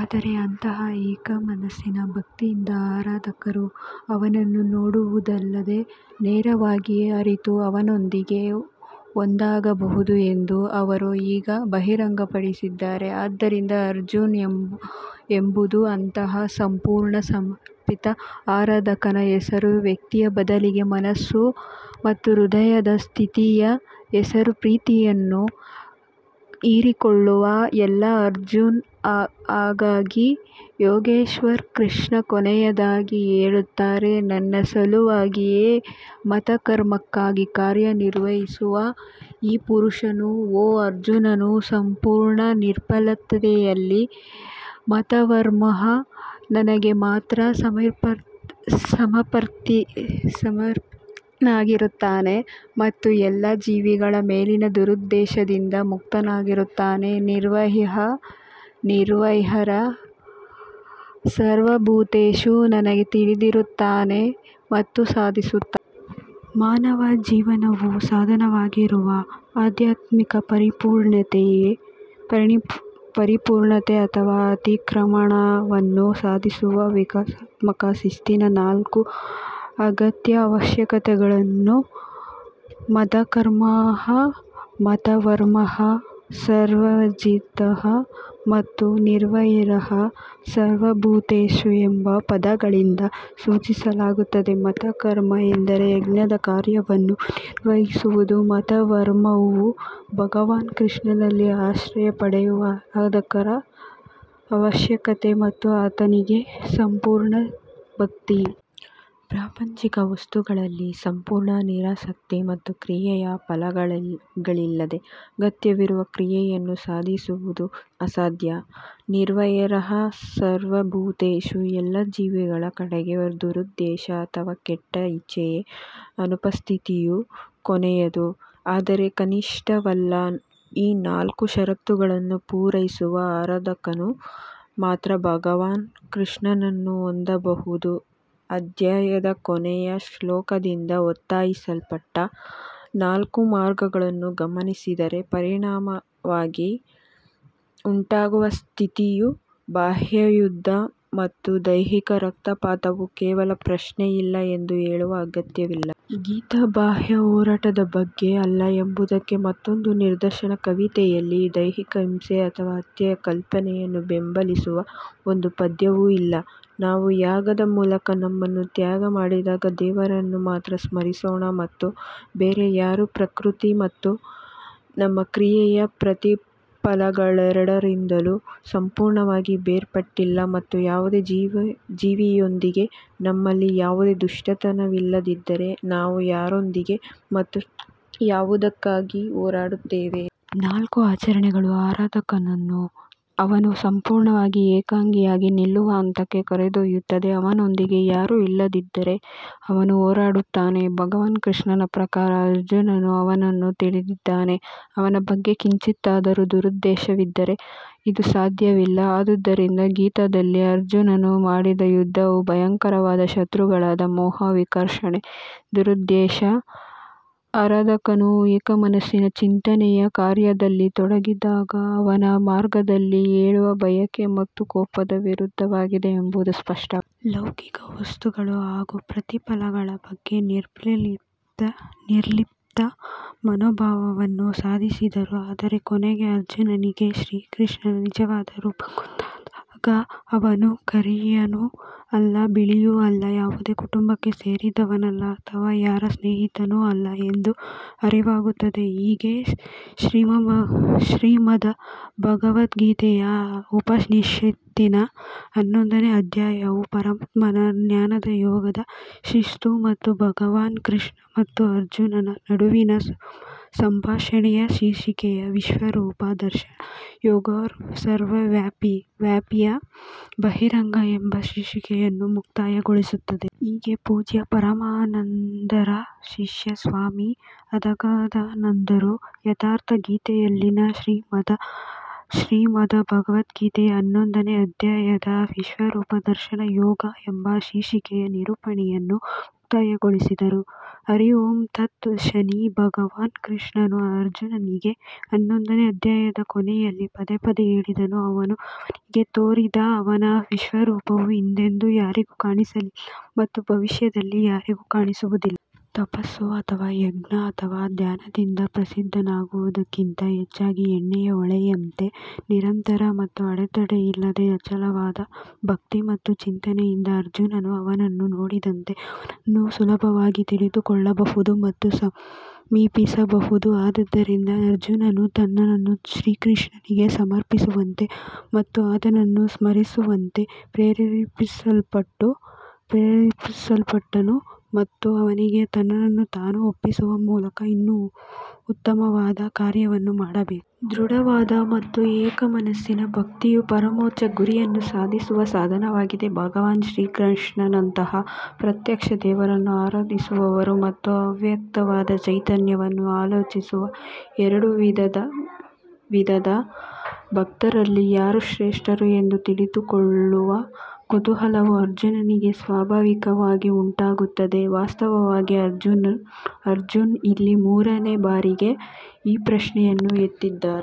ಆದರೆ ಅಂತಹ ಏಕಮನಸ್ಸಿನ ಭಕ್ತಿಯಿಂದ ಆರಾಧಕರು ಅವನನ್ನು ನೋಡುವುದಲ್ಲದೆ ನೇರವಾಗಿ ಅರಿತು ಅವನೊಂದಿಗೆ ಒಂದಾಗಬಹುದು ಎಂದು ಅವರು ಈಗ ಬಹಿರಂಗಪಡಿಸಿದ್ದಾರೆ. ಆದ್ದರಿಂದ ಅರ್ಜುನ್ ಎಂಬುದು ಅಂತಹ ಸಂಪೂರ್ಣ ಸಮರ್ಪಿತ ಆರಾಧಕನ ಹೆಸರು ವ್ಯಕ್ತಿಯ ಬದಲಿಗೆ ಮನಸ್ಸು ಮತ್ತು ಹೃದಯದ ಸ್ಥಿತಿಯ ಹೆಸರು ಪ್ರೀತಿಯನ್ನು ಹೀರಿಕೊಳ್ಳುವ ಎಲ್ಲಾ ಅರ್ಜುನ್ ಹಾಗಾಗಿ ಯೋಗೇಶ್ವರ್ ಕೃಷ್ಣ ಕೊನೆಯದಾಗಿ ಹೇಳುತ್ತಾರೆ ನನ್ನ ಸಲುವಾಗಿಯೇ ಮತ್ಕರ್ಮಕ್ಕಾಗಿ ಕಾರ್ಯನಿರ್ವಹಿಸುವ ಈ ಪುರುಷನು ಓ ಅರ್ಜುನನು ಸಂಪೂರ್ಣ ನಿರ್ಲಿಪ್ತತೆಯಲ್ಲಿ ಮತ್ಪರ್ಮಃ ನನಗೆ ಮಾತ್ರ ಸಮರ್ಪಿತನಾಗಿರುತ್ತಾನೆ ಮತ್ತು ಎಲ್ಲಾ ಜೀವಿಗಳ ಮೇಲಿನ ದುರುದ್ದೇಶದಿಂದ ಮುಕ್ತನಾಗಿರುತ್ತಾನೆ ನಿರ್ವೈರಃ ಸರ್ವಭೂತೇಷು ನನಗೆ ತಿಳಿದಿರುತ್ತಾನೆ ಮತ್ತು ಸಾಧಿಸುತ್ತಾನೆ. ಮಾನವ ಜೀವನವು ಸಾಧನವಾಗಿರುವ ಆಧ್ಯಾತ್ಮಿಕ ಪರಿಪೂರ್ಣತೆ ಅಥವಾ ಅತಿಕ್ರಮಣವನ್ನು ಸಾಧಿಸುವ ವಿಕಾಸಾತ್ಮಕ ಶಿಸ್ತಿನ ನಾಲ್ಕು ಅಗತ್ಯ ಅವಶ್ಯಕತೆಗಳನ್ನು ಮತ್ಕರ್ಮಃ ಮತ್ಪರ್ಮಃ ಸಂವರ್ಜಿತಃ ಮತ್ತು ನಿರ್ವೈರಃ ಸರ್ವಭೂತೇಷು ಎಂಬ ಪದಗಳಿಂದ ಸೂಚಿಸಲಾಗುತ್ತದೆ. ಮತ್ಕರ್ಮ ಎಂದರೆ ಯಜ್ಞದ ಕಾರ್ಯವನ್ನು ನಿರ್ವಹಿಸುವುದು ಮತ್ಪರ್ಮವು ಭಗವಾನ್ ಕೃಷ್ಣನಲ್ಲಿ ಆಶ್ರಯ ಪಡೆಯುವ ಆರಾಧಕರ ಅವಶ್ಯಕತೆ ಮತ್ತು ಆತನಿಗೆ ಸಂಪೂರ್ಣ ಭಕ್ತಿ. ಪ್ರಾಪಂಚಿಕ ವಸ್ತುಗಳಲ್ಲಿ ಸಂಪೂರ್ಣ ನಿರಾಸಕ್ತಿ ಮತ್ತು ಕ್ರಿಯೆಯ ಫಲಗಳಿಲ್ಲದೆ ಅಗತ್ಯವಿರುವ ಕ್ರಿಯೆಯನ್ನು ಸಾಧಿಸುವುದು ಅಸಾಧ್ಯ. ನಿರ್ವ್ರೈರಃ ಸರ್ವಭೂತೇಷು ಎಲ್ಲಾ ಜೀವಿಗಳ ಕಡೆಗೆ ದುರುದ್ದೇಶ ಅಥವಾ ಕೆಟ್ಟ ಇಚ್ಛೆಯ ಅನುಪಸ್ಥಿತಿಯು ಕೊನೆಯದು ಆದರೆ ಕನಿಷ್ಠವಲ್ಲ ಈ ನಾಲ್ಕು ಷರತ್ತುಗಳನ್ನು ಪೂರೈಸುವ ಆರಾಧಕನು ಮಾತ್ರ ಭಗವಾನ್ ಕೃಷ್ಣನನ್ನು ಹೊಂದಬಹುದು ಅಧ್ಯಾಯದ ಕೊನೆಯ ಶ್ಲೋಕದಿಂದ ಒತ್ತಾಯಿಸಲ್ಪಟ್ಟ ನಾಲ್ಕು ಮಾರ್ಗಗಳನ್ನು ಗಮನಿಸಿದರೆ ಪರಿಣಾಮವಾಗಿ ಉಂಟಾಗುವ ಸ್ಥಿತಿಯು ಬಾಹ್ಯ ಯುದ್ಧ ಮತ್ತು ದೈಹಿಕ ರಕ್ತಪಾತವು ಕೇವಲ ಪ್ರಶ್ನೆಯಿಲ್ಲ ಎಂದು ಹೇಳುವ ಅಗತ್ಯವಿಲ್ಲ. ಗೀತಾ ಬಾಹ್ಯ ಹೋರಾಟದ ಬಗ್ಗೆ ಅಲ್ಲ ಎಂಬುದಕ್ಕೆ ಮತ್ತೊಂದು ನಿದರ್ಶನ ಕವಿತೆಯಲ್ಲಿ ದೈಹಿಕ ಹಿಂಸೆ ಅಥವಾ ಹತ್ಯೆಯ ಕಲ್ಪನೆಯನ್ನು ಬೆಂಬಲಿಸುವ ಒಂದು ಪದ್ಯವೂ ಇಲ್ಲ ನಾವು ಯಾಗದ ಮೂಲಕ ನಮ್ಮನ್ನು ತ್ಯಾಗ ಮಾಡಿದಾಗ ದೇವರನ್ನು ಮಾತ್ರ ಸ್ಮರಿಸೋಣ ಮತ್ತು ಬೇರೆ ಯಾರೂ ಪ್ರಕೃತಿ ಮತ್ತು ನಮ್ಮ ಕ್ರಿಯೆಯ ಪ್ರತಿಫಲಗಳೆರಡರಿಂದಲೂ ಸಂಪೂರ್ಣವಾಗಿ ಬೇರ್ಪಟ್ಟಿಲ್ಲ ಮತ್ತು ಯಾವುದೇ ಜೀವಿಯೊಂದಿಗೆ ನಮ್ಮಲ್ಲಿ ಯಾವುದೇ ದುಷ್ಟತನವಿಲ್ಲದಿದ್ದರೆ ನಾವು ಯಾರೊಂದಿಗೆ ಮತ್ತು ಯಾವುದಕ್ಕಾಗಿ ಹೋರಾಡುತ್ತೇವೆ. ನಾಲ್ಕು ಆಚರಣೆಗಳು ಆರಾಧಕನನ್ನು ಅವನು ಸಂಪೂರ್ಣವಾಗಿ ಏಕಾಂಗಿಯಾಗಿ ನಿಲ್ಲುವ ಹಂತಕ್ಕೆ ಕರೆದೊಯ್ಯುತ್ತದೆ ಅವನೊಂದಿಗೆ ಯಾರೂ ಇಲ್ಲದಿದ್ದರೆ ಅವನು ಹೋರಾಡುತ್ತಾನೆ ಭಗವಾನ್ ಕೃಷ್ಣನ ಪ್ರಕಾರ ಅರ್ಜುನನು ಅವನನ್ನು ತಿಳಿದಿದ್ದಾನೆ ಅವನ ಬಗ್ಗೆ ಕಿಂಚಿತ್ತಾದರೂ ದುರುದ್ದೇಶವಿದ್ದರೆ ಇದು ಸಾಧ್ಯವಿಲ್ಲ ಆದುದರಿಂದ ಗೀತಾದಲ್ಲಿ ಅರ್ಜುನನು ಮಾಡಿದ ಯುದ್ಧವು ಭಯಂಕರವಾದ ಶತ್ರುಗಳಾದ ಮೋಹ ವಿಕರ್ಷಣೆ ದುರುದ್ದೇಶ ಆರಾಧಕನು ಏಕಮನಸ್ಸಿನ ಚಿಂತನೆಯ ಕಾರ್ಯದಲ್ಲಿ ತೊಡಗಿದಾಗ ಅವನ ಮಾರ್ಗದಲ್ಲಿ ಏಳುವ ಬಯಕೆ ಮತ್ತು ಕೋಪದ ವಿರುದ್ಧವಾಗಿದೆ ಎಂಬುದು ಸ್ಪಷ್ಟವಾಗಿದೆ. ಲೌಕಿಕ ವಸ್ತುಗಳು ಹಾಗೂ ಪ್ರತಿಫಲಗಳ ಬಗ್ಗೆ ನಿರ್ಲಿಪ್ತ ಮನೋಭಾವವನ್ನು ಸಾಧಿಸಿದರು ಆದರೆ ಕೊನೆಗೆ ಅರ್ಜುನನಿಗೆ ಶ್ರೀಕೃಷ್ಣನ ನಿಜವಾದ ರೂಪ ಗೊತ್ತಾದಾಗ ಅವನು ಕರಿಯನೂ ಅಲ್ಲ ಬಿಳಿಯೂ ಅಲ್ಲ ಯಾವುದೇ ಕುಟುಂಬಕ್ಕೆ ಸೇರಿದವನಲ್ಲ ಅಥವಾ ಯಾರ ಸ್ನೇಹಿತನೂ ಅಲ್ಲ ಎಂದು ಅರಿವಾಗುತ್ತದೆ. ಹೀಗೆ ಶ್ರೀಮದ್ಭಗವದ್ಗೀತೆಯ ಉಪನಿಷತ್ತಿನ ಹನ್ನೊಂದನೇ ಅಧ್ಯಾಯವು ಪರಮಾತ್ಮನ ಜ್ಞಾನದ ಯೋಗದ ಶಿಸ್ತು ಮತ್ತು ಭಗವಾನ್ ಕೃಷ್ಣ ಮತ್ತು ಅರ್ಜುನನ ನಡುವಿನ ಸಂಭಾಷಣೆಯ ಶೀರ್ಷಿಕೆಯ ವಿಶ್ವರೂಪ ದರ್ಶನ ಯೋಗೋರ್ ಸರ್ವವ್ಯಾಪಿಯ ಬಹಿರಂಗ ಎಂಬ ಶೀರ್ಷಿಕೆಯನ್ನು ಮುಕ್ತಾಯಗೊಳಿಸುತ್ತದೆ. ಹೀಗೆ ಪೂಜ್ಯ ಪರಮಾನಂದರ ಶಿಷ್ಯ ಸ್ವಾಮಿ ಅದ್ಗದಾನಂದರು ಯಥಾರ್ಥ ಗೀತೆಯಲ್ಲಿನ ಶ್ರೀಮದ್ಭಗವದ್ಗೀತೆಯ ಹನ್ನೊಂದನೇ ಅಧ್ಯಾಯದ ವಿಶ್ವರೂಪ ದರ್ಶನ ಯೋಗ ಎಂಬ ಶೀರ್ಷಿಕೆಯ ನಿರೂಪಣೆಯನ್ನು ಮುಕ್ತಾಯಗೊಳಿಸಿದರು. ಹರಿ ಓಂ ತತ್ ಶನಿ ಭಗವಾನ್ ಕೃಷ್ಣನು ಅರ್ಜುನನಿಗೆ ಹನ್ನೊಂದನೇ ಅಧ್ಯಾಯದ ಕೊನೆಯಲ್ಲಿ ಪದೇ ಪದೇ ಹೇಳಿದನು ಅವನು ಅವನಿಗೆ ತೋರಿದ ಅವನ ವಿಶ್ವರೂಪವು ಹಿಂದೆಂದೂ ಯಾರಿಗೂ ಕಾಣಿಸಲಿಲ್ಲ ಮತ್ತು ಭವಿಷ್ಯದಲ್ಲಿ ಯಾರಿಗೂ ಕಾಣಿಸುವುದಿಲ್ಲ. ತಪಸ್ಸು ಅಥವಾ ಯಜ್ಞ ಅಥವಾ ದಾನದಿಂದ ಪ್ರಸಿದ್ಧನಾಗುವುದಕ್ಕಿಂತ ಹೆಚ್ಚಾಗಿ ಎಣ್ಣೆಯ ಹೊಳೆಯಂತೆ ನಿರಂತರ ಮತ್ತು ಅಡೆತಡೆಯಿಲ್ಲದ ಅಚಲವಾದ ಭಕ್ತಿ ಮತ್ತು ಚಿಂತನೆಯಿಂದ ಅರ್ಜುನನು ಅವನನ್ನು ನೋಡಿದಂತೆ ಅವನನ್ನು ಸುಲಭವಾಗಿ ತಿಳಿದುಕೊಳ್ಳಬಹುದು ಮತ್ತು ಸಮೀಪಿಸಬಹುದು. ಆದುದರಿಂದ ಅರ್ಜುನನು ತನ್ನನ್ನು ಶ್ರೀಕೃಷ್ಣನಿಗೆ ಸಮರ್ಪಿಸುವಂತೆ ಮತ್ತು ಆತನನ್ನು ಸ್ಮರಿಸುವಂತೆ ಪ್ರೇರೇಪಿಸಲ್ಪಟ್ಟನು ಮತ್ತು ಅವನಿಗೆ ತನ್ನನ್ನು ತಾನು ಒಪ್ಪಿಸುವ ಮೂಲಕ ಇನ್ನೂ ಉತ್ತಮವಾದ ಕಾರ್ಯವನ್ನು ಮಾಡಬೇಕು. ದೃಢವಾದ ಮತ್ತು ಏಕ ಮನಸ್ಸಿನ ಭಕ್ತಿಯು ಪರಮೋಚ್ಚ ಗುರಿಯನ್ನು ಸಾಧಿಸುವ ಸಾಧನವಾಗಿದೆ ಭಗವಾನ್ ಶ್ರೀಕೃಷ್ಣನಂತಹ ಪ್ರತ್ಯಕ್ಷ ದೇವರನ್ನು ಆರಾಧಿಸುವವರು ಮತ್ತು ಅವ್ಯಕ್ತವಾದ ಚೈತನ್ಯವನ್ನು ಆಲೋಚಿಸುವ ಎರಡು ವಿಧದ ಭಕ್ತರಲ್ಲಿ ಯಾರು ಶ್ರೇಷ್ಠರು ಎಂದು ತಿಳಿದುಕೊಳ್ಳುವ ಕುತೂಹಲವು ಅರ್ಜುನನಿಗೆ ಸ್ವಾಭಾವಿಕವಾಗಿ ಉಂಟಾಗುತ್ತದೆ. ವಾಸ್ತವವಾಗಿ ಅರ್ಜುನ್ ಇಲ್ಲಿ ಮೂರನೇ ಬಾರಿಗೆ ಈ ಪ್ರಶ್ನೆಯನ್ನು ಎತ್ತಿದ್ದಾರೆ.